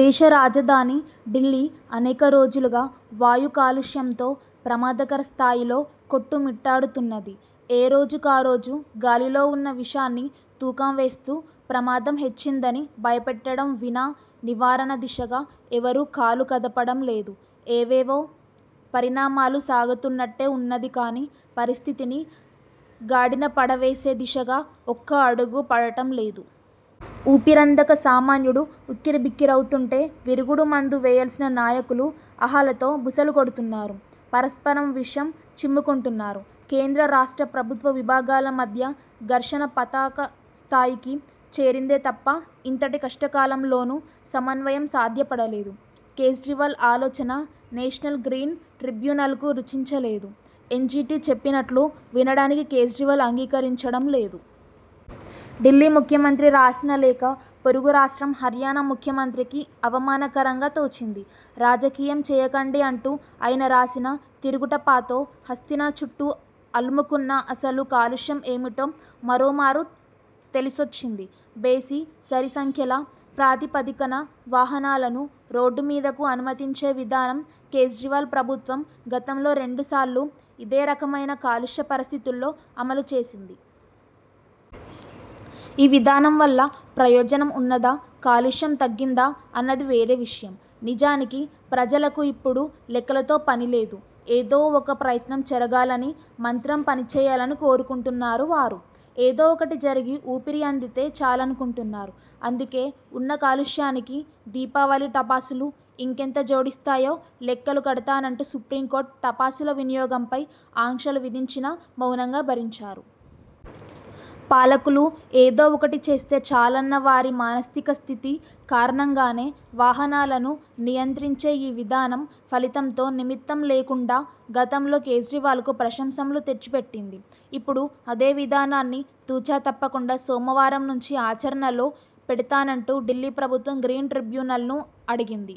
దేశ రాజధాని ఢిల్లీ అనేక రోజులుగా వాయు కాలుష్యంతో ప్రమాదకర స్థాయిలో కొట్టుమిట్టాడుతున్నది. ఏరోజుకారోజు గాలిలో ఉన్న విషాన్ని తూకం వేస్తూ, ప్రమాదం హెచ్చిందని భయపెట్టడం వినా నివారణ దిశగా ఎవరూ కాలు కదపడం లేదు. ఏవేవో పరిణామాలు సాగుతున్నట్టే ఉన్నది కానీ, పరిస్థితిని గాడినపడవేసే దిశగా ఒక్క అడుగూ పడటం లేదు. ఊపిరందక సామాన్యుడు ఉక్కిరిబిక్కిరవుతుంటే, విరుగుడు మందు వేయాల్సిన నాయకులు అహాలతో బుసలుకొడుతున్నారు. పరస్పరం విషం చిమ్ముకుంటున్నారు. కేంద్ర, రాష్ట్ర ప్రభుత్వ విభాగాల మధ్య ఘర్షణ పతాకస్థాయికి చేరిందే తప్ప, ఇంతటి కష్టకాలంలోనూ సమన్వయం సాధ్యపడలేదు. కేజ్రీవాల్ ఆలోచన నేషనల్ గ్రీన్ ట్రిబ్యునల్కు రుచించ లేదు. ఎన్జీటీ చెప్పినట్టు వినడానికి కేజ్రీవాల్ అంగీకరించడం లేదు. ఢిల్లీ ముఖ్యమంత్రి రాసిన లేఖ పొరుగు రాష్ట్రం హర్యానా ముఖ్యమంత్రికి అవమానకరంగా తోచింది. రాజకీయం చేయకండి అంటూ ఆయన రాసిన తిరుగుటపాతో హస్తిన చుట్టూ అలుముకున్న అసలు కాలుష్యం ఏమిటో మరోమారు తెలిసొచ్చింది. బేసి, సరిసంఖ్యల ప్రాతిపదికన వాహనాలను రోడ్డుమీదకు అనుమతించే విధానం కేజ్రీవాల్ ప్రభుత్వం గతంలో రెండుసార్లు ఇదేరకమైన కాలుష్య పరిస్థితుల్లో అమలుచేసింది. ఈ విధానం వల్ల ప్రయోజనం ఉన్నదా, కాలుష్యం తగ్గిందా అన్నది వేరే విషయం. నిజానికి ప్రజలకు ఇప్పుడు లెక్కలతో పనిలేదు. ఏదోఒక ప్రయత్నం జరగాలనీ, మంత్రం పనిచేయాలనీ కోరుకుంటున్నారు వారు. ఏదో ఒకటి జరిగి ఊపిరి అందితే చాలనుకుంటున్నారు. అందుకే, ఉన్న కాలుష్యానికి దీపావళి టపాసులు ఇంకెంత జోడిస్తాయో లెక్కలు కడతానంటూ సుప్రీంకోర్టు టపాసుల వినియోగంపై ఆంక్షలు విధించినా మౌనంగా భరించారు. పాలకులు ఏదో ఒకటి చేస్తే చాలన్న వారి మానసికస్థితి కారణంగానే, వాహనాలను నియంత్రించే ఈ విధానం ఫలితంతో నిమిత్తం లేకుండా గతంలో కేజ్రీవాల్కు ప్రశంసలు తెచ్చిపెట్టింది. ఇప్పుడూ అదే విధానాన్ని తూచ తప్పకుండా సోమవారం నుంచి ఆచరణలో పెడతానంటూ ఢిల్లీ ప్రభుత్వం గ్రీన్ ట్రిబ్యునల్ను అడిగింది.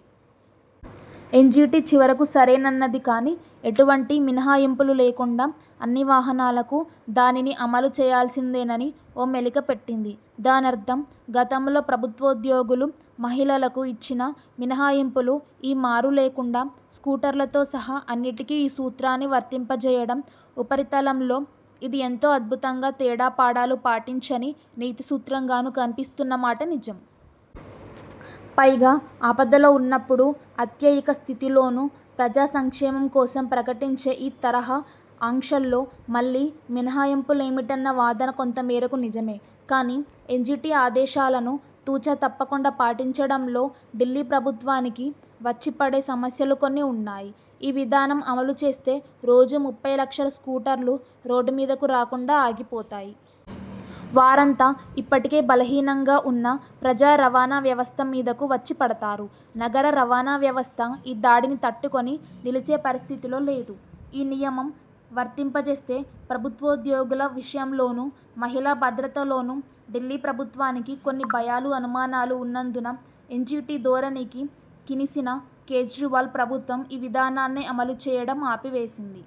ఎన్జీటీ చివరకు సరేనన్నది కానీ, ఎటువంటి మినహాయింపులూ లేకుండా అన్నివాహనాలకు దానిని అమలు చేయాల్సిందేనని ఓ మెలికపెట్టింది. దానర్థం గతంలో ప్రభుత్వోద్యోగులు, మహిళలకు ఇచ్చిన మినహాయింపులు ఈ మారు లేకుండా, స్కూటర్లతో సహా అన్నింటికీ ఈ సూత్రాన్ని వర్తింపచేయడం. ఉపరితలంలో ఇది ఎంతో అద్భుతంగా, తేడాపాడాలు పాటించని నీతిసూత్రంగానూ కనిపిస్తున్నమాట నిజం. పైగా ఆపదలో ఉన్నప్పుడూ, అత్యయిక స్థితిలోనూ ప్రజాసంక్షేమం కోసం ప్రకటించే ఈ తరహా ఆంక్షల్లో మళ్ళీ మినహాయింపులేమిటన్న వాదన కొంతమేరకు నిజమే. కానీ, ఎన్జీటీ ఆదేశాలను తూచ తప్పకుండా పాటించడంలో ఢిల్లీ ప్రభుత్వానికి వచ్చిపడే సమస్యలు కొన్ని ఉన్నాయి. ఈ విధానం అమలుచేస్తే, రోజూ ముప్పైలక్షల స్కూటర్లు రోడ్డుమీదకు రాకుండా ఆగిపోతాయి. వారంతా ఇప్పటికే బలహీనంగా ఉన్న ప్రజారవాణా వ్యవస్థమీదకు వచ్చిపడతారు. నగర రవాణావ్యవస్థ ఈ దాడిని తట్టుకొని నిలిచే పరిస్థితిలో లేదు. ఈ నియమం వర్తింపచేస్తే ప్రభుత్వోద్యోగుల విషయంలోనూ, మహిళాభద్రతలోనూ ఢిల్లీ ప్రభుత్వానికి కొన్ని భయాలూ అనుమానాలూ ఉన్నందున ఎన్జీటీ ధోరణికి కినిసిన కేజ్రీవాల్ ప్రభుత్వం ఈ విధానాన్నే అమలుచేయడం ఆపివేసింది.